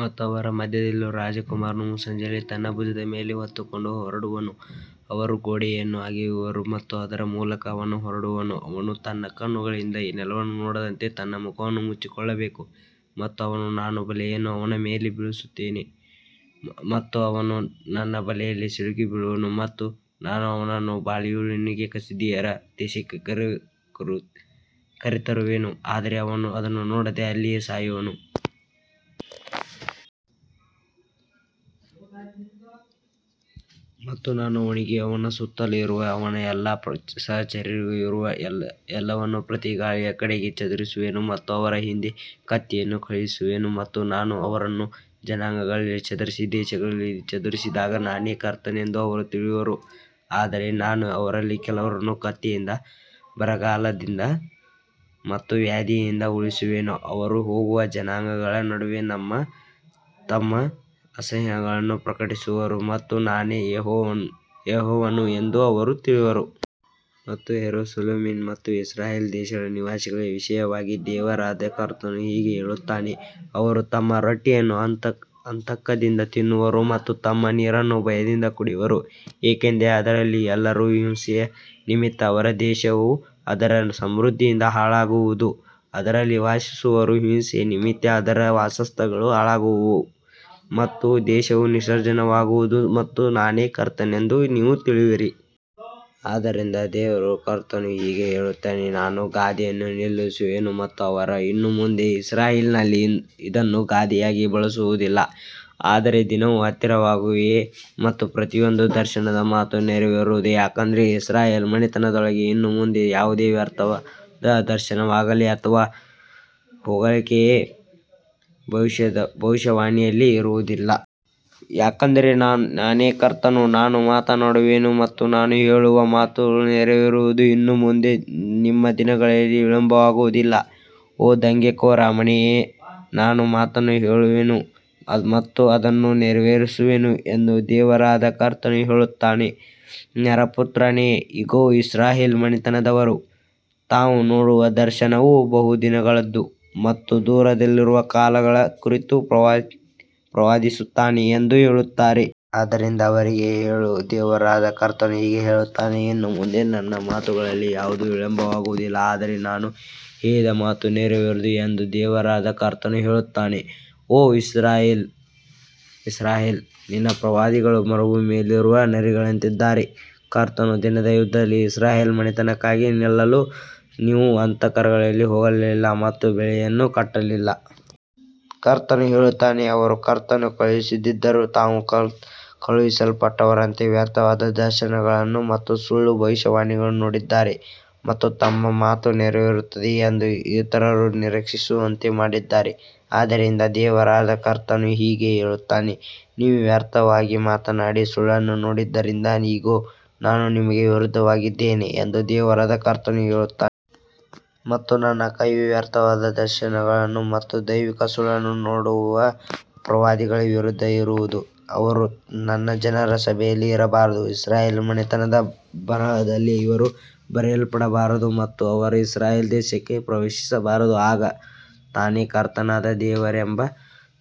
ಮತ್ತು ಅವರ ಮಧ್ಯದಲ್ಲಿರುವ ರಾಜಕುಮಾರನು ಮುಸ್ಸಂಜೆಯಲ್ಲಿ ತನ್ನ ಭುಜದ ಮೇಲೆ ಹೊತ್ತುಕೊಂಡು ಹೊರಡುವನು, ಅವರು ಗೋಡೆಯನ್ನು ಅಗೆಯುವರು ಮತ್ತು ಅದರ ಮೂಲಕ ಅವನು ಹೊರಡುವನು. ಅವನು ತನ್ನ ಕಣ್ಣುಗಳಿಂದ ನೆಲವನ್ನು ನೋಡದಂತೆ ತನ್ನ ಮುಖವನ್ನು ಮುಚ್ಚಿಕೊಳ್ಳಬೇಕು. ಮತ್ತು ನಾನು ನನ್ನ ಬಲೆಯನ್ನು ಅವನ ಮೇಲೆ ಬೀಸುವೆನು ಮತ್ತು ಅವನು ನನ್ನ ಬಲೆಯಲ್ಲಿ ಸಿಕ್ಕಿಬೀಳುವನು ಮತ್ತು ನಾನು ಅವನನ್ನು ಬಾಬಿಲೋನಿಗೆ ಕಸ್ದೀಯರ ದೇಶಕ್ಕೆ ಕರೆತರುವೆನು, ಆದರೆ ಅವನು ಅದನ್ನು ನೋಡದೆ ಅಲ್ಲಿಯೇ ಸಾಯುವನು. ಮತ್ತು ನಾನು ಅವನಿಗೂ ಅವನ ಸುತ್ತಲೂ ಇರುವ ಅವನ ಎಲ್ಲಾ ಸಹಚರರಿಗೂ ಇರುವ ಎಲ್ಲವನ್ನೂ ಪ್ರತಿ ಗಾಳಿಯ ಕಡೆಗೆ ಚದುರಿಸುವೆನು ಮತ್ತು ಅವರ ಹಿಂದೆ ಕತ್ತಿಯನ್ನು ಕಳುಹಿಸುವೆನು. ಮತ್ತು ನಾನು ಅವರನ್ನು ಜನಾಂಗಗಳಲ್ಲಿ ಚದರಿಸಿ ದೇಶಗಳಲ್ಲಿ ಚದುರಿಸಿದಾಗ ನಾನೇ ಕರ್ತನೆಂದು ಅವರು ತಿಳಿಯುವರು. ಆದರೆ ನಾನು ಅವರಲ್ಲಿ ಕೆಲವರನ್ನು ಕತ್ತಿಯಿಂದ, ಬರಗಾಲದಿಂದ ಮತ್ತು ವ್ಯಾಧಿಯಿಂದ ಉಳಿಸುವೆನು, ಅವರು ಹೋಗುವ ಅನ್ಯಜನಾಂಗಗಳ ನಡುವೆ ತಮ್ಮ ಅಸಹ್ಯಗಳನ್ನು ಪ್ರಕಟಿಸುವರು ಮತ್ತು ನಾನೇ ಯೆಹೋವನು ಎಂದು ಅವರು ತಿಳಿಯುವರು. ಮತ್ತು ಯೆರೂಸಲೇಮಿನ ಮತ್ತು ಇಸ್ರಾಯೇಲ್ ದೇಶದ ನಿವಾಸಿಗಳ ವಿಷಯವಾಗಿ ದೇವರಾದ ಕರ್ತನು ಹೀಗೆ ಹೇಳುತ್ತಾನೆ, ಅವರು ತಮ್ಮ ರೊಟ್ಟಿಯನ್ನು ಆತಂಕದಿಂದ ತಿನ್ನುವರು ಮತ್ತು ತಮ್ಮ ನೀರನ್ನು ಭಯದಿಂದ ಕುಡಿಯುವರು, ಏಕೆಂದರೆ ಅದರಲ್ಲಿರುವ ಎಲ್ಲರ ಹಿಂಸೆಯ ನಿಮಿತ್ತ ಅವರ ದೇಶವು ಅದರ ಸಮೃದ್ಧಿಯಿಂದ ಹಾಳಾಗುವುದು. ಅದರಲ್ಲಿ ವಾಸಿಸುವವರ ಹಿಂಸೆಯ ನಿಮಿತ್ತ ಅದರ ವಾಸಸ್ಥಳಗಳು ಹಾಳಾಗುವವು ಮತ್ತು ದೇಶವು ನಿರ್ಜನವಾಗುವುದು ಮತ್ತು ನಾನೇ ಕರ್ತನೆಂದು ನೀವು ತಿಳಿಯುವಿರಿ. ಆದ್ದರಿಂದ ದೇವರಾದ ಕರ್ತನು ಹೀಗೆ ಹೇಳುತ್ತಾನೆ, ನಾನು ಈ ಗಾದೆಯನ್ನು ನಿಲ್ಲಿಸುವೆನು ಮತ್ತು ಅವರು ಇನ್ನು ಮುಂದೆ ಇಸ್ರಾಯೇಲಿನಲ್ಲಿ ಇದನ್ನು ಗಾದೆಯಾಗಿ ಬಳಸುವುದಿಲ್ಲ. ಆದರೆ ದಿನಗಳು ಹತ್ತಿರವಾಗಿವೆ ಮತ್ತು ಪ್ರತಿಯೊಂದು ದರ್ಶನದ ಮಾತು ನೆರವೇರುವುದು. ಯಾಕಂದರೆ ಇಸ್ರಾಯೇಲ್ ಮನೆತನದೊಳಗೆ ಇನ್ನು ಮುಂದೆ ಯಾವುದೇ ವ್ಯರ್ಥವಾದ ದರ್ಶನವಾಗಲಿ ಅಥವಾ ಹೊಗಳಿಕೆಯ ಭವಿಷ್ಯವಾಣಿಯಾಗಲಿ ಇರುವುದಿಲ್ಲ. ಯಾಕಂದರೆ ನಾನೇ ಕರ್ತನು, ನಾನು ಮಾತನಾಡುವೆನು ಮತ್ತು ನಾನು ಹೇಳುವ ಮಾತು ನೆರವೇರುವುದು. ಇನ್ನು ಮುಂದೆ ನಿಮ್ಮ ದಿನಗಳಲ್ಲಿ ವಿಳಂಬವಾಗುವುದಿಲ್ಲ, ಓ ದಂಗೆಕೋರ ಮನೆಯೇ, ನಾನು ಮಾತನ್ನು ಹೇಳುವೆನು ಮತ್ತು ಅದನ್ನು ನೆರವೇರಿಸುವೆನು ಎಂದು ದೇವರಾದ ಕರ್ತನು ಹೇಳುತ್ತಾನೆ. ನರಪುತ್ರನೇ, ಇಗೋ, ಇಸ್ರಾಯೇಲ್ ಮನೆತನದವರು, ತಾವು ನೋಡುವ ದರ್ಶನವು ಬಹುದಿನಗಳದ್ದು ಮತ್ತು ದೂರದಲ್ಲಿರುವ ಕಾಲಗಳ ಕುರಿತು ಪ್ರವಾದಿಸುತ್ತಾನೆ ಎಂದು ಹೇಳುತ್ತಾರೆ. ಆದ್ದರಿಂದ ಅವರಿಗೆ ಹೇಳು, ದೇವರಾದ ಕರ್ತನು ಹೀಗೆ ಹೇಳುತ್ತಾನೆ, ಇನ್ನು ಮುಂದೆ ನನ್ನ ಮಾತುಗಳಲ್ಲಿ ಯಾವುದೂ ವಿಳಂಬವಾಗುವುದಿಲ್ಲ, ಆದರೆ ನಾನು ಹೇಳಿದ ಮಾತು ನೆರವೇರುವುದು ಎಂದು ದೇವರಾದ ಕರ್ತನು ಹೇಳುತ್ತಾನೆ. ಓ ಇಸ್ರಾಯೇಲೇ, ನಿನ್ನ ಪ್ರವಾದಿಗಳು ಮರುಭೂಮಿಯಲ್ಲಿರುವ ನರಿಗಳಂತಿದ್ದಾರೆ. ಕರ್ತನ ದಿನದ ಯುದ್ಧದಲ್ಲಿ ಇಸ್ರಾಯೇಲ್ ಮನೆತನಕ್ಕಾಗಿ ನಿಲ್ಲಲು ನೀವು ಅಂತರಗಳಿಗೆ ಹೋಗಲಿಲ್ಲ ಮತ್ತು ಬೇಲಿಯನ್ನು ಕಟ್ಟಲಿಲ್ಲ. ಕರ್ತನು ಹೇಳುತ್ತಾನೆ, ಅವರು ಕರ್ತನು ಕಳುಹಿಸದಿದ್ದರೂ ತಾವು ಕಳುಹಿಸಲ್ಪಟ್ಟವರಂತೆ ವ್ಯರ್ಥವಾದ ದರ್ಶನಗಳನ್ನು ಮತ್ತು ಸುಳ್ಳು ಭವಿಷ್ಯವಾಣಿಗಳನ್ನು ನೋಡಿದ್ದಾರೆ ಮತ್ತು ತಮ್ಮ ಮಾತು ನೆರವೇರುತ್ತದೆ ಎಂದು ಇತರರು ನಿರೀಕ್ಷಿಸುವಂತೆ ಮಾಡಿದ್ದಾರೆ. ಆದ್ದರಿಂದ ದೇವರಾದ ಕರ್ತನು ಹೀಗೆ ಹೇಳುತ್ತಾನೆ, ನೀವು ವ್ಯರ್ಥವಾಗಿ ಮಾತನಾಡಿ ಸುಳ್ಳನ್ನು ನೋಡಿದ್ದರಿಂದ, ಇಗೋ, ನಾನು ನಿಮಗೆ ವಿರುದ್ಧವಾಗಿದ್ದೇನೆ ಎಂದು ದೇವರಾದ ಕರ್ತನು ಹೇಳುತ್ತಾನೆ. ಮತ್ತು ನನ್ನ ಕೈಯು ವ್ಯರ್ಥವಾದ ದರ್ಶನಗಳನ್ನು ಮತ್ತು ದೈವಿಕ ಸುಳ್ಳನ್ನು ನೋಡುವ ಪ್ರವಾದಿಗಳ ವಿರುದ್ಧ ಇರುವುದು. ಅವರು ನನ್ನ ಜನರ ಸಭೆಯಲ್ಲಿ ಇರಬಾರದು, ಇಸ್ರಾಯೇಲ್ ಮನೆತನದ ಬರಹದಲ್ಲಿ ಅವರು ಬರೆಯಲ್ಪಡಬಾರದು ಮತ್ತು ಅವರು ಇಸ್ರಾಯೇಲ್ ದೇಶಕ್ಕೆ ಪ್ರವೇಶಿಸಬಾರದು. ಆಗ ನಾನೇ ಕರ್ತನಾದ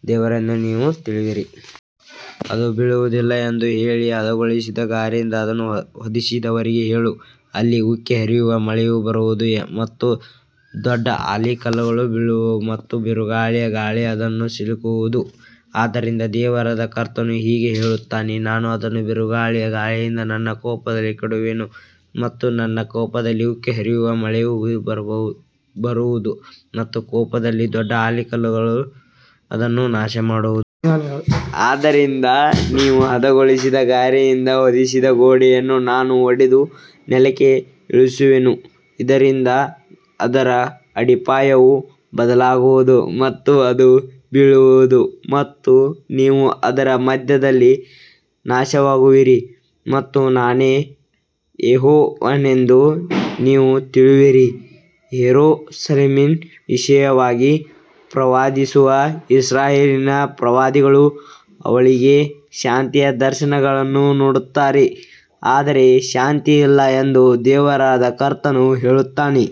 ದೇವರೆಂದು ನೀವು ತಿಳಿಯುವಿರಿ. ಅದು ಬೀಳುವುದಿಲ್ಲ ಎಂದು ಹೇಳಿ ಹದಗೊಳಿಸದ ಗಾರೆಯಿಂದ ಅದನ್ನು ಹೊದಿಸಿದವರಿಗೆ ಹೇಳು, ಅಲ್ಲಿ ಉಕ್ಕಿ ಹರಿಯುವ ಮಳೆಯು ಬರುವುದು ಮತ್ತು ದೊಡ್ಡ ಆಲಿಕಲ್ಲುಗಳು ಬೀಳುವವು ಮತ್ತು ಬಿರುಗಾಳಿಯ ಗಾಳಿಯು ಅದನ್ನು ಸೀಳುವುದು. ಆದ್ದರಿಂದ ದೇವರಾದ ಕರ್ತನು ಹೀಗೆ ಹೇಳುತ್ತಾನೆ, ನಾನು ಅದನ್ನು ಬಿರುಗಾಳಿಯ ಗಾಳಿಯಿಂದ ನನ್ನ ಕೋಪದಲ್ಲಿ ಕೆಡವುವೆನು ಮತ್ತು ನನ್ನ ಕೋಪದಲ್ಲಿ ಉಕ್ಕಿ ಹರಿಯುವ ಮಳೆಯು ಬರುವುದು ಮತ್ತು ನನ್ನ ಕೋಪದಲ್ಲಿ ದೊಡ್ಡ ಆಲಿಕಲ್ಲುಗಳು ಅದನ್ನು ನಾಶಮಾಡುವವು. ಆದ್ದರಿಂದ ನೀವು ಹದಗೊಳಿಸದ ಗಾರೆಯಿಂದ ಹೊದಿಸಿದ ಗೋಡೆಯನ್ನು ನಾನು ಒಡೆದು ನೆಲಕ್ಕೆ ಇಳಿಸುವೆನು, ಇದರಿಂದ ಅದರ ಅಡಿಪಾಯವು ಬಯಲಾಗುವುದು ಮತ್ತು ಅದು ಬೀಳುವುದು ಮತ್ತು ನೀವು ಅದರ ಮಧ್ಯದಲ್ಲಿ ನಾಶವಾಗುವಿರಿ ಮತ್ತು ನಾನೇ ಯೆಹೋವನೆಂದು ನೀವು ತಿಳಿಯುವಿರಿ. ಯೆರೂಸಲೇಮಿನ ವಿಷಯವಾಗಿ ಪ್ರವಾದಿಸುವ ಇಸ್ರಾಯೇಲಿನ ಪ್ರವಾದಿಗಳು ಅವಳಿಗೆ ಶಾಂತಿಯ ದರ್ಶನಗಳನ್ನು ನೋಡುತ್ತಾರೆ, ಆದರೆ ಶಾಂತಿಯಿಲ್ಲ ಎಂದು ದೇವರಾದ ಕರ್ತನು ಹೇಳುತ್ತಾನೆ.